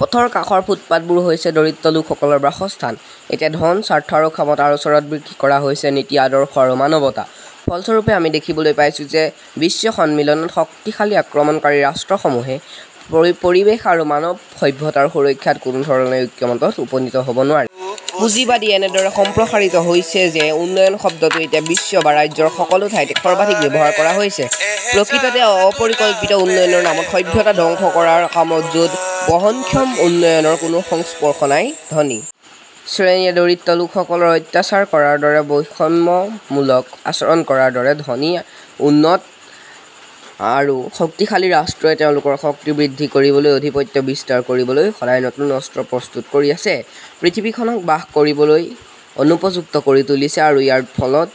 পথৰ কাষৰ ফুটপাতবোৰ হৈছে দৰিদ্ৰ লোকসকলৰ বাসস্থান। এতিয়া ধন, স্বাৰ্থ আৰু ক্ষমতাৰ ওচৰত বিক্ৰী কৰা হৈছে নীতি-আদৰ্শ আৰু মানৱতা। ফলস্বৰূপে, আমি দেখিছোঁ যে বিশ্ব সন্মিলনত শক্তিশালী আক্ৰমণকাৰী ৰাষ্ট্ৰসমূহে পৰিৱেশ আৰু মানৱ সভ্যতাৰ সুৰক্ষাত কোনো ধৰণে ঐক্যমতত উপনীত হ "ব নোৱাৰে। পুঁজিবাদ এনেদৰে সম্প্ৰসাৰিত হৈছে যে 'উন্নয়ন "শব্দটো এতিয়া বিশ্ব বা ৰাজ্যৰ সকলো ঠাইতে সৰ্বাধিক ব্যৱহাৰ কৰা হৈছে। প্ৰকৃততে অপৰিকল্পিত উন্নয়নৰ নামত সভ্যতা ধ্বংস কৰাৰ কামত য 'ত বহনক্ষম উন্নয়নৰ কোনো স্পৰ্শ নাই। ধনী শ্ৰেণীয়ে দৰিদ্ৰ লোকসকলক অত্যাচাৰ কৰাৰ দৰে; বৈষম্যমূলক আচৰণ কৰাৰ দৰে; ধনী, উন্নত আৰু শক্তিশালী ৰাষ্ট্ৰই তেওঁলোকৰ শক্তি বৃদ্ধি কৰিবলৈ, আধিপত্য বিস্তাৰ কৰিবলৈ সদায় নতুন অস্ত্ৰ প্ৰস্তুত কৰি আছে; পৃথিৱীখনক বাস কৰিবলৈ অনুপযুক্ত কৰি তুলিছে আৰু ইয়াৰ ফলত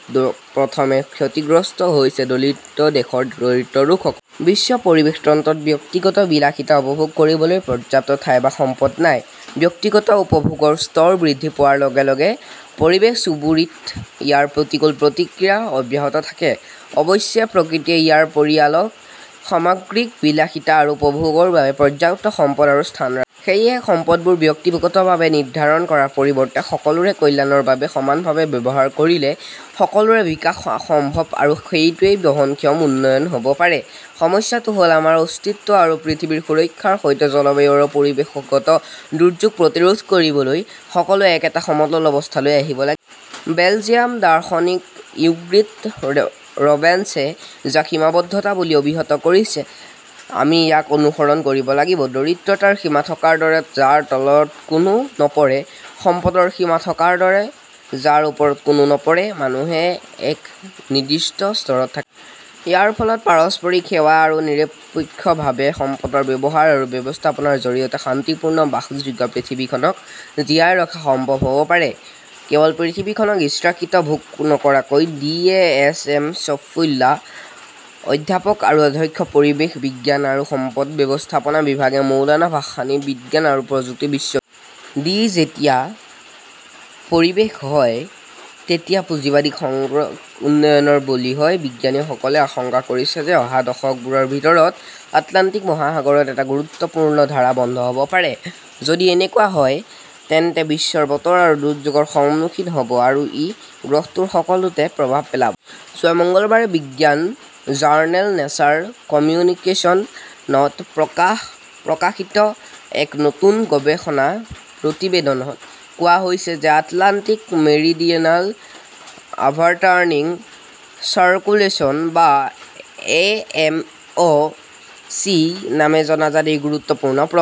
প্ৰথমে ক্ষতিগ্ৰস্ত হৈছে দৰিদ্ৰ দেশৰ দৰিদ্ৰ লোকসকল। বিশ্ব পৰিৱেশ তন্ত্ৰত ব্যক্তিগত বিলাসিতা উপভোগ কৰিবলৈ পৰ্যাপ্ত ঠাই বা সম্পদ নাই। ব্যক্তিগত উপভোগৰ স্তৰ বৃদ্ধি পোৱাৰ লগে লগে পৰিৱেশ-চুবুৰীত ইয়াৰ প্ৰতিকূল প্ৰতিক্ৰিয়া অব্যাহত থাকে। অৱশ্যে, প্ৰকৃতিয়ে ইয়াৰ পৰিয়ালত সামগ্ৰিক বিলাসিতা আৰু উপভোগৰ বাবে পৰ্যাপ্ত সম্পদ আৰু স্থান ৰাখিছে। সেয়েহে সম্পদবোৰ ব্যক্তিগতভাৱে নিৰ্ধাৰণ কৰাৰ পৰিৱৰ্তে সকলোৰে কল্যাণৰ বাবে সমানভাৱে ব্যৱহাৰ কৰিলে সকলোৰে বিকাশ সম্ভৱ আৰু সেইটোৱেই বহনক্ষম উন্নয়ন হ 'ব পাৰে। সমস্যাটো হ 'ল, আমাৰ অস্তিত্ব আৰু পৃথিৱীৰ সুৰক্ষাৰ সৈতে জলবায়ু আৰু পৰিৱেশগত দুৰ্যোগ প্ৰতিৰোধ কৰিবলৈ সকলোৱে একেটা সমতল অৱস্থালৈ আহিব লাগিব। বেলজিয়ামৰ দাৰ্শনিক ইনগ্ৰিড ৰবেন্সে যাক 'সীমাবদ্ধতা "বুলি অভিহিত কৰিছে, আমি ইয়াক অনুসৰণ কৰিব লাগিব। দৰিদ্ৰতাৰ সীমা থকাৰ দৰে, যাৰ তলত কোনো নপৰে; সম্পদৰ সীমা থকাৰ দৰে, যাৰ ওপৰত কোনো নপৰে। মানুহে এটা নিৰ্দিষ্ট স্তৰত থাকিব। ইয়াৰ ফলত পাৰস্পৰিক সেৱা আৰু নিৰপেক্ষভাৱে সম্পদৰ ব্যৱহাৰ আৰু ব্যৱস্থাপনাৰ জৰিয়তে শান্তিপূৰ্ণ বাসযোগ্য পৃথিৱীখনক জীয়াই ৰখা সম্ভৱ হ "ব পাৰে, কেৱল পৃথিৱীখনক ইচ্ছাকৃতভাৱে ভোগ নকৰাকৈ। ড এ. এছ. এম. চৈফুল্লাঃ অধ্যাপক আৰু অধ্যক্ষ, পৰিৱেশ বিজ্ঞান আৰু সম্পদ ব্যৱস্থাপনা বিভাগ, মৌলানা ভাসানী বিজ্ঞান আৰু প্ৰযুক্তি বিশ্ববিদ্যালয় <আই. ডি.। যেতিয়া পৰিৱেশ হয় তেতিয়া পুঁজিবাদী উন্নয়নৰ বলি হয় বিজ্ঞানীসকলে আশংকা কৰিছে যে অহা দশকবোৰৰ ভিতৰত আটলাণ্টিক মহাসাগৰৰ এটা গুৰুত্বপূৰ্ণ ধাৰা বন্ধ হ 'ব পাৰে। যদি এনেকুৱা হয়, তেন্তে বিশ্ব বতৰ দুৰ্যোগৰ সন্মুখীন হ 'ব আৰু ই গ্ৰহটোৰ সকলোতে প্ৰভাৱ পেলাব। যোৱা মঙলবাৰে বিজ্ঞান জাৰ্নেল নেচাৰ কমিউনিকেশ্বনত প্ৰকাশিত এক নতুন গৱেষণা প্ৰতিবেদনত কোৱা হৈছে যে আটলাণ্টিক মেৰিডিয়নেল অভাৰটাৰ্ণিং চাৰ্কুলেশন বা এ. এম. অ ". চি. নামেৰে জনাজাত এই গুৰুত্বপূৰ্ণ প্ৰৱাহ